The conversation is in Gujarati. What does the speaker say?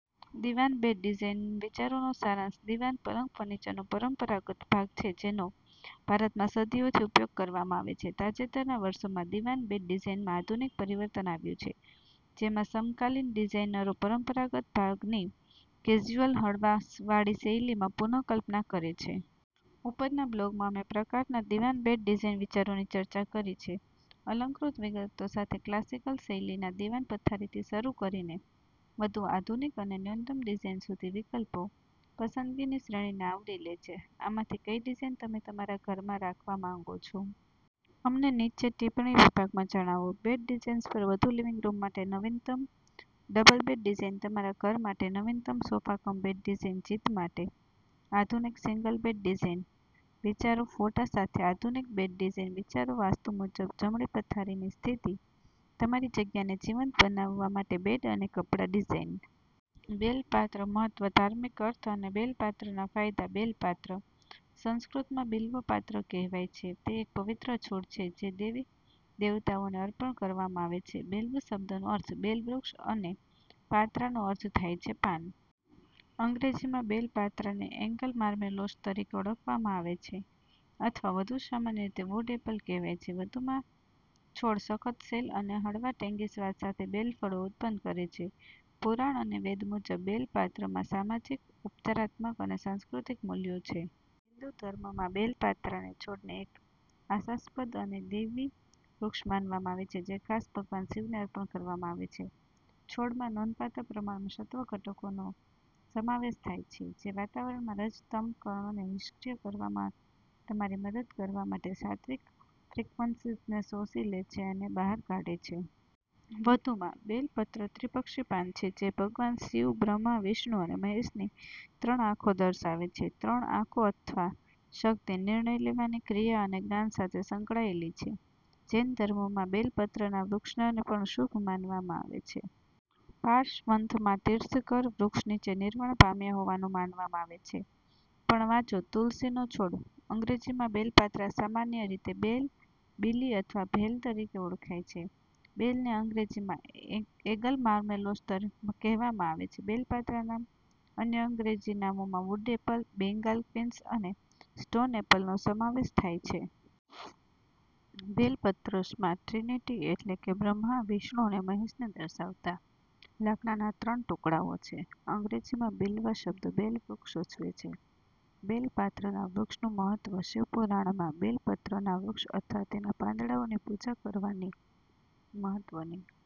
દિવાન બેડ ડિઝાઇન વિચારોનો સારાંશ દીવાન પલંગફર્નિચરનો પરંપરાગત ભાગ છે જેનો ભારતમાં સદીઓથી ઉપયોગ કરવામાં આવે છે. તાજેતરના વર્ષોમાં, દિવાન બેડ ડિઝાઇનમાં આધુનિક પરિવર્તન આવ્યું છે, જેમાં સમકાલીન ડિઝાઇનરોપરંપરાગત ભાગની કેઝ્યુઅલ, હળવાશવાળી શૈલીમાં પુનઃકલ્પના કરે છે. ઉપરના બ્લોગમાં, અમે પ્રકારના દિવાન બેડ ડિઝાઇન વિચારોની ચર્ચા કરી છેઅલંકૃત વિગતો સાથે ક્લાસિક-શૈલીના દીવાન પથારીથી શરૂ કરીને વધુ આધુનિક અને ન્યૂનતમ ડિઝાઇન સુધી, વિકલ્પો પસંદગીની શ્રેણીને આવરી લે છે. આમાંથી કઈ ડિઝાઇન તમે તમારા ઘરમાં રાખવા માંગો છો? અમને નીચે ટિપ્પણી વિભાગમાં જણાવો. બેડ ડિઝાઇન્સ પર વધુ લિવિંગ રૂમ માટે નવીનતમ ડબલ બેડ ડિઝાઇન તમારા ઘર માટે નવીનતમ સોફા કમ બેડ ડિઝાઇન જીત માટે આધુનિક સિંગલ બેડ ડિઝાઇન વિચારો ફોટા સાથે આધુનિક બેડ ડિઝાઇન વિચારો વાસ્તુ મુજબ જમણી પથારીની સ્થિતિ તમારી જગ્યાને જીવંત બનાવવા માટે બેડ અને કપડા ડિઝાઇન+.. બેલ પાત્રમહત્વ, ધાર્મિક અર્થ અને બેલ પાત્રના ફાયદા બેલ પાત્ર, સંસ્કૃતમાં બિલ્વ પાત્ર કહેવાય છે, તે એક પવિત્ર છોડ છે જે દેવી-દેવતાઓને અર્પણ કરવામાં આવે છે. બિલ્વ શબ્દનો અર્થ બેલ વૃક્ષ અને પાત્રાનો અર્થ થાય છે પાન. અંગ્રેજીમાં બેલ પાત્રાને એગલ માર્મેલોસ તરીકે ઓળખવામાં આવે છે, અથવા વધુ સામાન્ય રીતે વુડ એપલ કહેવાય છે. વધુમાં, છોડ સખત શેલ અને હળવા ટેન્ગી સ્વાદ સાથે બેલ ફળો ઉત્પન્ન કરે છે. પુરાણ અને વેદ મુજબ, બેલ પાત્રમાં સામાજિક, ઉપચારાત્મક અને સાંસ્કૃતિક મૂલ્યો છે. હિંદુ ધર્મમાં, બેલ પાત્રના છોડને એક આશાસ્પદ અને દૈવી વૃક્ષ માનવામાં આવે છે જે ખાસ ભગવાન શિવને અર્પણ કરવામાં આવે છે. છોડમાં નોંધપાત્ર પ્રમાણમાં સત્વ ઘટકોનો સમાવેશ થાય છે જે વાતાવરણમાં રજ-તમ કણોને નિષ્ક્રિય કરવામાં તમારી મદદ કરવા માટે સાત્વિક ફ્રીક્વન્સીઝને શોષી લે છે અને બહાર કાઢે છે. વધુમાં, બેલ પત્રત્રિપક્ષી પાન છે જે ભગવાન શિવ, બ્રહ્મા, વિષ્ણુ અને મહેશની ત્રણ આંખો દર્શાવે છે. ત્રણ આંખો, અથવા શક્તિ, નિર્ણય લેવાની, ક્રિયા અને જ્ઞાન સાથે સંકળાયેલી છે. જૈન ધર્મમાં બેલ પત્રના વૃક્ષને પણ શુભ માનવામાં આવે છે. પાર્શવંથ, મા તીર્થંકર, વૃક્ષ નીચે નિર્વાણ પામ્યા હોવાનું માનવામાં આવે છે. પણ વાંચોતુલસીનો છોડ અંગ્રેજીમાં બેલ પાત્રા સામાન્ય રીતે બેલ, બીલી અથવા ભેલ તરીકે ઓળખાય છે, બેલને અંગ્રેજીમાં એગલ માર્મેલોસ કહેવામાં આવે છે. બેલ પાત્રાના અન્ય અંગ્રેજી નામોમાં વુડ એપલ, બેંગાલ ક્વિન્સ અને સ્ટોન એપલનો સમાવેશ થાય છે. બેલ પત્રસમાં ટ્રિનિટી એટલે કે બ્રહ્મા, વિષ્ણુ અને મહેશને દર્શાવતા લાકડાના ત્રણ ટુકડાઓ છે. અંગ્રેજીમાં "બિલ્વા" શબ્દ બેલ વૃક્ષ સૂચવે છે. બેલ પાત્રના વૃક્ષનું મહત્વ શિવ પુરાણમાં બેલ પત્રના વૃક્ષ અથવા તેના પાંદડાઓની પૂજા કરવાના મહત્વની